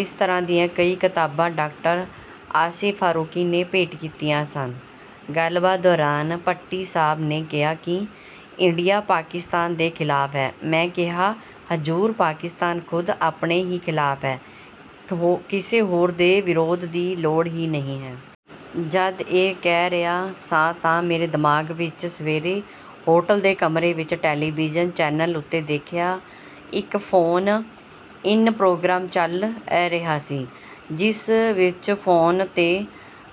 ਇਸ ਤਰ੍ਹਾਂ ਦੀਆਂ ਕਈ ਕਿਤਾਬਾਂ ਡਾਕਟਰ ਆਸਿਫ ਫ਼ਾਰੂਖੀ ਨੇ ਭੇਂਟ ਕੀਤੀਆਂ ਸਨ। ਗੱਲਬਾਤ ਦੌਰਾਨ ਭੱਟੀ ਸਾਹਬ ਨੇ ਕਿਹਾ ਕਿ ਇੰਡੀਆ ਪਾਕਿਸਤਾਨ ਦੇ ਖ਼ਿਲਾਫ਼ ਹੈ। ਮੈਂ ਕਿਹਾ, "ਹਜ਼ੂਰ, ਪਾਕਿਸਤਾਨ ਖ਼ੁਦ ਆਪਣੇ ਹੀ ਖ਼ਿਲਾਫ਼ ਏ, ਕਿਸੇ ਹੋਰ ਦੇ ਵਿਰੋਧ ਦੀ ਲੋੜ ਹੀ ਨਹੀਂ ਹੈ।" ਜਦ ਇਹ ਕਹਿ ਰਿਹਾ ਸਾਂ ਤਾਂ ਮੇਰੇ ਦਿਮਾਗ਼ ਵਿਚ ਸਵੇਰੇ ਹੋਟਲ ਦੇ ਕਮਰੇ ਵਿਚ ਟੈਲੀਵੀਜ਼ਨ ਚੈਨਲ ਉੱਤੇ ਦੇਖਿਆ ਇਕ ਫ਼ੋਨ-ਇਨ ਪ੍ਰੋਗਰਾਮ ਚੱਲ ਰਿਹਾ ਸੀ, ਜਿਸ ਵਿਚ ਫ਼ੋਨ 'ਤੇ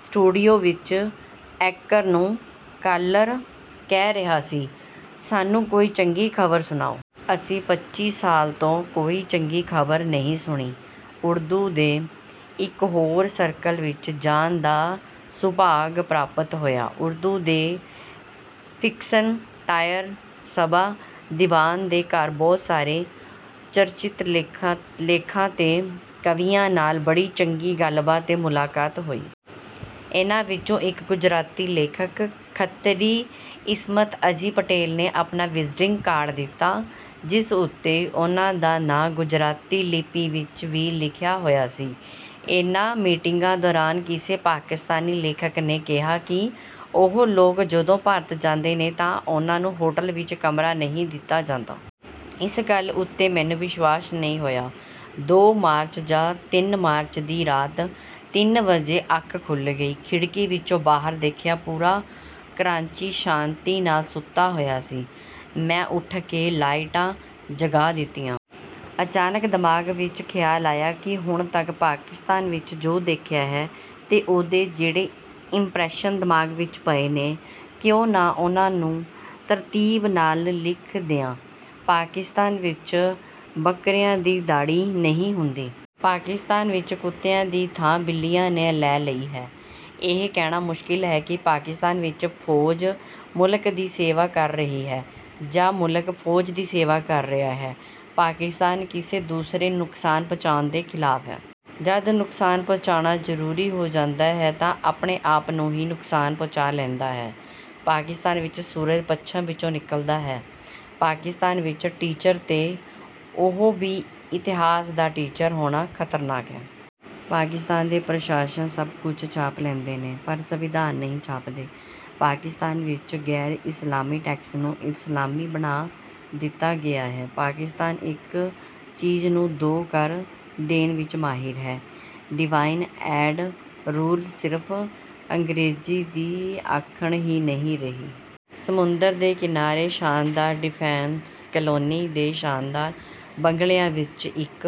ਸਟੂਡੀਓ ਵਿਚ 'ਐਂਕਰ' ਨੂੰ 'ਕਾਲਰ' ਕਹਿ ਰਿਹਾ ਸੀ, "ਸਾਨੂੰ ਕੋਈ ਚੰਗੀ ਖ਼ਬਰ ਸੁਣਾਓ... ਅਸੀਂ ਪੱਚੀ ਸਾਲ ਤੋਂ ਕੋਈ ਚੰਗੀ ਖ਼ਬਰ ਨਹੀਂ ਸੁਣੀ।" ਉਰਦੂ ਦੇ ਇਕ ਹੋਰ ਸਰਕਲ ਵਿਚ ਜਾਣ ਦਾ ਸੁਭਾਗ ਪ੍ਰਾਪਤ ਹੋਇਆ। ਉਰਦੂ ਦੇ ਫਿਕਸ਼ਨ ਰਾਈਟਰ ਸਬਾ ਦੀਵਾਨ ਦੇ ਘਰ ਬਹੁਤ ਸਾਰੇ ਚਰਚਿਤ ਲੇਖਾਂ ਲੇਖਕਾਂ ਤੇ ਕਵੀਆਂ ਨਾਲ ਬੜੀ ਚੰਗੀ ਗੱਲਬਾਤ ਤੇ ਮੁਲਾਕਾਤ ਹੋਈ। ਇਹਨਾਂ ਵਿਚੋਂ ਇਕ ਗੁਜਰਾਤੀ ਲੇਖਕ, ਖੱਤਰੀ ਇਸਮਤ ਅਜੀ ਪਟੇਲ, ਨੇ ਆਪਣਾ ਵਿਜ਼ਿਟਿੰਗ ਕਾਰਡ ਦਿੱਤਾ, ਜਿਸ ਉੱਤੇ ਉਹਨਾਂ ਦਾ ਨਾਂ ਗੁਜਰਾਤੀ ਲਿੱਪੀ ਵਿਚ ਵੀ ਲਿਖਿਆ ਹੋਇਆ ਸੀ। ਇਹਨਾਂ ਮੀਟਿੰਗਾਂ ਦੌਰਾਨ ਕਿਸੇ ਪਾਕਿਸਤਾਨੀ ਲੇਖਕ ਨੇ ਕਿਹਾ ਕਿ ਉਹ ਲੋਕ ਜਦੋਂ ਭਾਰਤ ਜਾਂਦੇ ਨੇ ਤਾਂ ਉਹਨਾਂ ਨੂੰ ਹੋਟਲ ਵਿਚ ਕਮਰਾ ਨਹੀਂ ਦਿੱਤਾ ਜਾਂਦਾ। ਇਸ ਗੱਲ ਉੱਤੇ ਮੈਨੂੰ ਵਿਸ਼ਵਾਸ ਨਹੀਂ ਹੋਇਆ। ਦੋ ਮਾਰਚ, ਜਾਂ ਤਿੰਨ ਮਾਰਚ, ਦੀ ਰਾਤ ਤਿੰਨ ਵਜੇ ਅੱਖ ਖੁੱਲ੍ਹ ਗਈ। ਖਿੜਕੀ 'ਚੋਂ ਬਾਹਰ ਦੇਖਿਆ। ਪੂਰਾ ਕਰਾਚੀ ਸ਼ਾਂਤੀ ਨਾਲ ਸੁੱਤਾ ਹੋਇਆ ਸੀ। ਮੈਂ ਉੱਠ ਕੇ ਲਾਈਟਾਂ ਜਗਾ ਦਿੱਤੀਆਂ। ਅਚਾਨਕ ਦਿਮਾਗ਼ ਵਿਚ ਖ਼ਿਆਲ ਆਇਆ ਕਿ ਹੁਣ ਤੱਕ ਪਾਕਿਸਤਾਨ ਵਿਚ ਜੋ ਦੇਖਿਆ ਹੈ ਤੇ ਉਸਦੇ ਜਿਹੜੇ 'ਇੰਪ੍ਰੈਸ਼ਨ' ਦਿਮਾਗ਼ ਵਿਚ ਪਏ ਨੇ, ਕਿਉਂ ਨਾ ਉਹਨਾਂ ਨੂੰ ਤਰਤੀਬ ਨਾਲ ਲਿਖ ਦਿਆਂ... ਪਾਕਿਸਤਾਨ ਵਿਚ ਬਕਰਿਆਂ ਦੀ ਦਾੜ੍ਹੀ ਨਹੀਂ ਹੁੰਦੀ।... ਪਾਕਿਸਤਾਨ ਵਿਚ ਕੁੱਤਿਆਂ ਦੀ ਥਾਂ ਬਿੱਲੀਆਂ ਨੇ ਲੈ ਲਈ ਹੈ।... ਇਹ ਕਹਿਣਾ ਮੁਸ਼ਕਲ ਹੈ ਕਿ ਪਾਕਿਸਤਾਨ ਵਿਚ ਫੌਜ ਮੁਲਕ ਦੀ ਸੇਵਾ ਕਰ ਰਹੀ ਹੈ ਜਾਂ ਮੁਲਕ ਫੌਜ ਦੀ ਸੇਵਾ ਕਰ ਰਿਹਾ ਹੈ।... ਪਾਕਿਸਤਾਨ ਕਿਸੇ ਦੂਜੇ ਨੂੰ ਨੁਕਸਾਨ ਪਹੁੰਚਾਉਣ ਦੇ ਖ਼ਿਲਾਫ਼ ਹੈ। ਜਦ ਨੁਕਸਾਨ ਪਹੁੰਚਾਉਣਾ ਜ਼ਰੂਰੀ ਹੋ ਜਾਂਦਾ ਹੈ ਤਾਂ ਆਪਣੇ ਆਪ ਨੂੰ ਹੀ ਨੁਕਸਾਨ ਪਹੁੰਚਾ ਲੈਂਦਾ ਹੈ।... ਪਾਕਿਸਤਾਨ ਵਿਚ ਸੂਰਜ ਪੱਛਮ ਵਿਚੋਂ ਨਿਕਲਦਾ ਹੈ।... ਪਾਕਿਸਤਾਨ ਵਿਚ ਟੀਚਰ, ਤੇ ਉਹ ਵੀ ਇਤਿਹਾਸ ਦਾ ਟੀਚਰ, ਹੋਣਾ ਖ਼ਤਰਨਾਕ ਹੈ।... ਪਾਕਿਸਤਾਨ ਦੇ ਪ੍ਰਕਾਸ਼ਕ ਸਭ ਕੁਝ ਛਾਪ ਲੈਂਦੇ ਨੇ, ਪਰ ਸੰਵਿਧਾਨ ਨਹੀਂ ਛਾਪਦੇ।... ਪਾਕਿਸਤਾਨ ਵਿਚ ਗ਼ੈਰ-ਇਸਲਾਮੀ ਟੈਕਸ ਨੂੰ ਇਸਲਾਮੀ ਬਣਾ ਦਿੱਤਾ ਗਿਆ ਹੈ।... ਪਾਕਿਸਤਾਨ ਇਕ ਚੀਜ਼ ਨੂੰ ਦੋ ਕਰ ਦੇਣ ਵਿਚ ਮਾਹਰ ਹੈ। 'ਡਿਵਾਈਡ ਐਂਡ ਰੂਲ' ਸਿਰਫ਼ ਅੰਗਰੇਜ਼ੀ ਦੀ ਅਖਾਣ ਹੀ ਨਹੀਂ ਰਹੀ। ਸਮੁੰਦਰ ਦੇ ਕਿਨਾਰੇ ਸ਼ਾਨਦਾਰ ਡਿਫੈਂਸ ਕਾਲੋਨੀ ਦੇ ਸ਼ਾਨਦਾਰ ਬੰਗਲਿਆਂ ਵਿਚ ਇਕ...